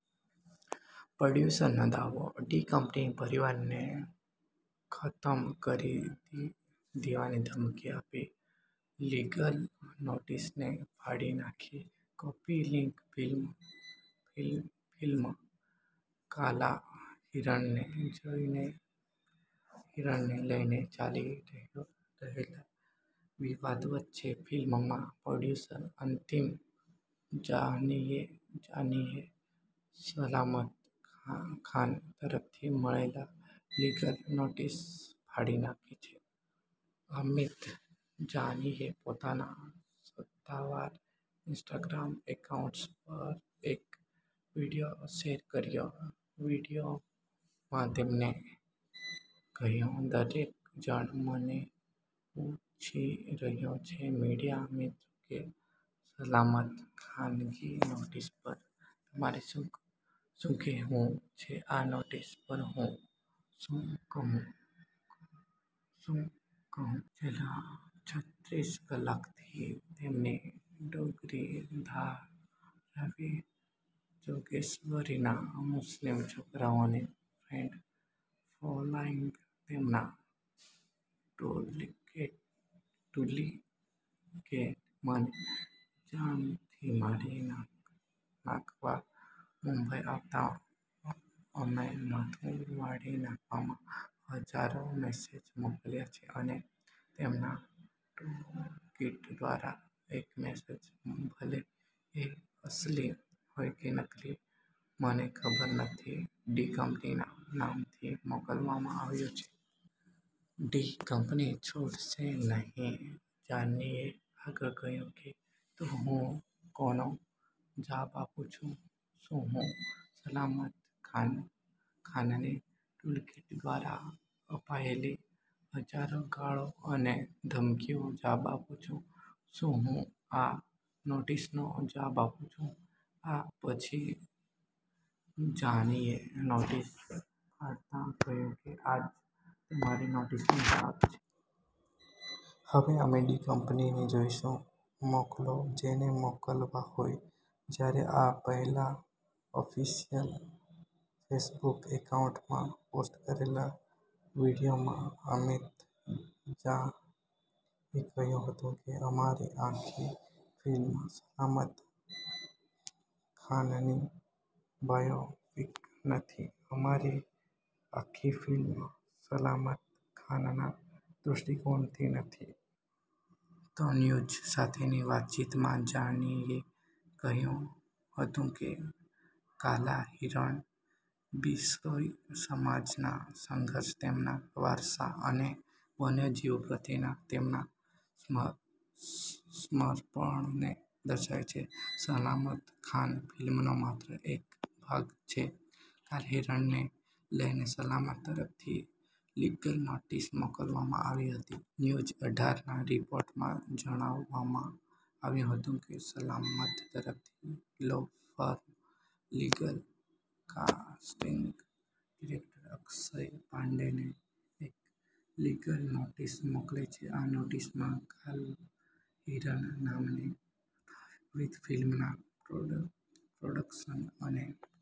પ્રોડ્યુસરનો દાવો:- "ડી-કંપનીએ પરિવારને ખતમ કરી દેવાની ધમકી આપી"; લીગલ નોટિસને ફાડી નાખી. કૉપી લિંક ફિલ્મ 'કાલા હિરણ'ને લઈને ચાલી રહેલા વિવાદ વચ્ચે ફિલ્મના પ્રોડ્યુસર અમિત જાનીએ સલમાન ખાન તરફથી મળેલ લીગલ નોટિસ ફાડી નાખી છે. અમિત જાનીએ પોતાના સત્તાવાર ઇન્સ્ટાગ્રામ એકાઉન્ટ પર એક વીડિયો શેર કર્યો. વીડિયોમાં તેમણે કહ્યું, "દરેક જણ મને પૂછી રહ્યું છે, મીડિયા, મિત્રો, કે સલમાન ખાનની નોટિસ પર તમારે શું કહેવું છે? આ નોટિસ પર હું શું કહું શું કહું? છેલ્લા છત્રીસ કલાકથી તેમની ડોંગરી, ધારાવી, જોગેશ્વરીના મુસ્લિમ છોકરાઓની ફેન ફોલોઈંગ, તેમના ટૂલકિટે મને જાનથી મારી નાખવા, મુંબઈ આવવા અને માથું વાઢી નાખવાના હજારો મેસેજ મોકલ્યા છે, અને તેમના ટૂલકિટ દ્વારા એક મેસેજ, ભલે તે અસલી હોય કે નકલી, મને ખબર નથી, ડી-કંપનીના નામથી મોકલવામાં આવ્યો છે. ડી-કંપની છોડશે નહીં." જાનીએ આગળ કહ્યું કે, "તો હું કોનો જવાબ આપું? શું હું સલમાન ખાનની ટૂલકિટ દ્વારા અપાયેલી હજારો ગાળો અને ધમકીઓનો જવાબ આપું? શું હું આ નોટિસનો જવાબ આપું?" આ પછી જાનીએ નોટિસ ફાડતા કહ્યું કે, "આ જ તમારી નોટિસનો જવાબ છે." હવે અમે ડી-કંપનીને જોઈશું. મોકલો, જેને મોકલવા હોય." જ્યારે, આ પહેલા ઓફિશિયલ ફેસબુક એકાઉન્ટમાં પોસ્ટ કરેલા વીડિયોમાં અમિત જાનીએ કહ્યું હતું કે, "અમારી આખી ફિલ્મ સલમાન ખાનની બાયોપિક નથી. અમારી આખી ફિલ્મ સલામાન ખાનના દૃષ્ટિકોણથી નથી." તો ન્યૂઝ સાથેની વાતચીતમાં જાનીએ કહ્યું હતું કે, ''કાલા હિરણ' બિશ્નોઈ સમાજના સંઘર્ષ, તેમના વારસા અને વન્યજીવો પ્રત્યેના તેમના સમર્પણને દર્શાવે છે. સલમાન ખાન ફિલ્મનો માત્ર એક ભાગ છે." 'કાલા હિરણ'ને લઈને સલામાન તરફથી લીગલ નોટિસ મોકલવામાં આવી હતી. ન્યૂઝ અઢારના રિપોર્ટમાં જણાવવામાં આવ્યું હતું કે, "સલામાન તરફથી લો ફર્મ લીગલે કાસ્ટિંગ ડિરેક્ટર અક્ષય પાંડેને એક લીગલ નોટિસ મોકલી છે. આ નોટિસમાં 'કાલા હિરણ' નામની પ્રસ્તાવિત ફિલ્મના પ્રોડક્શન અને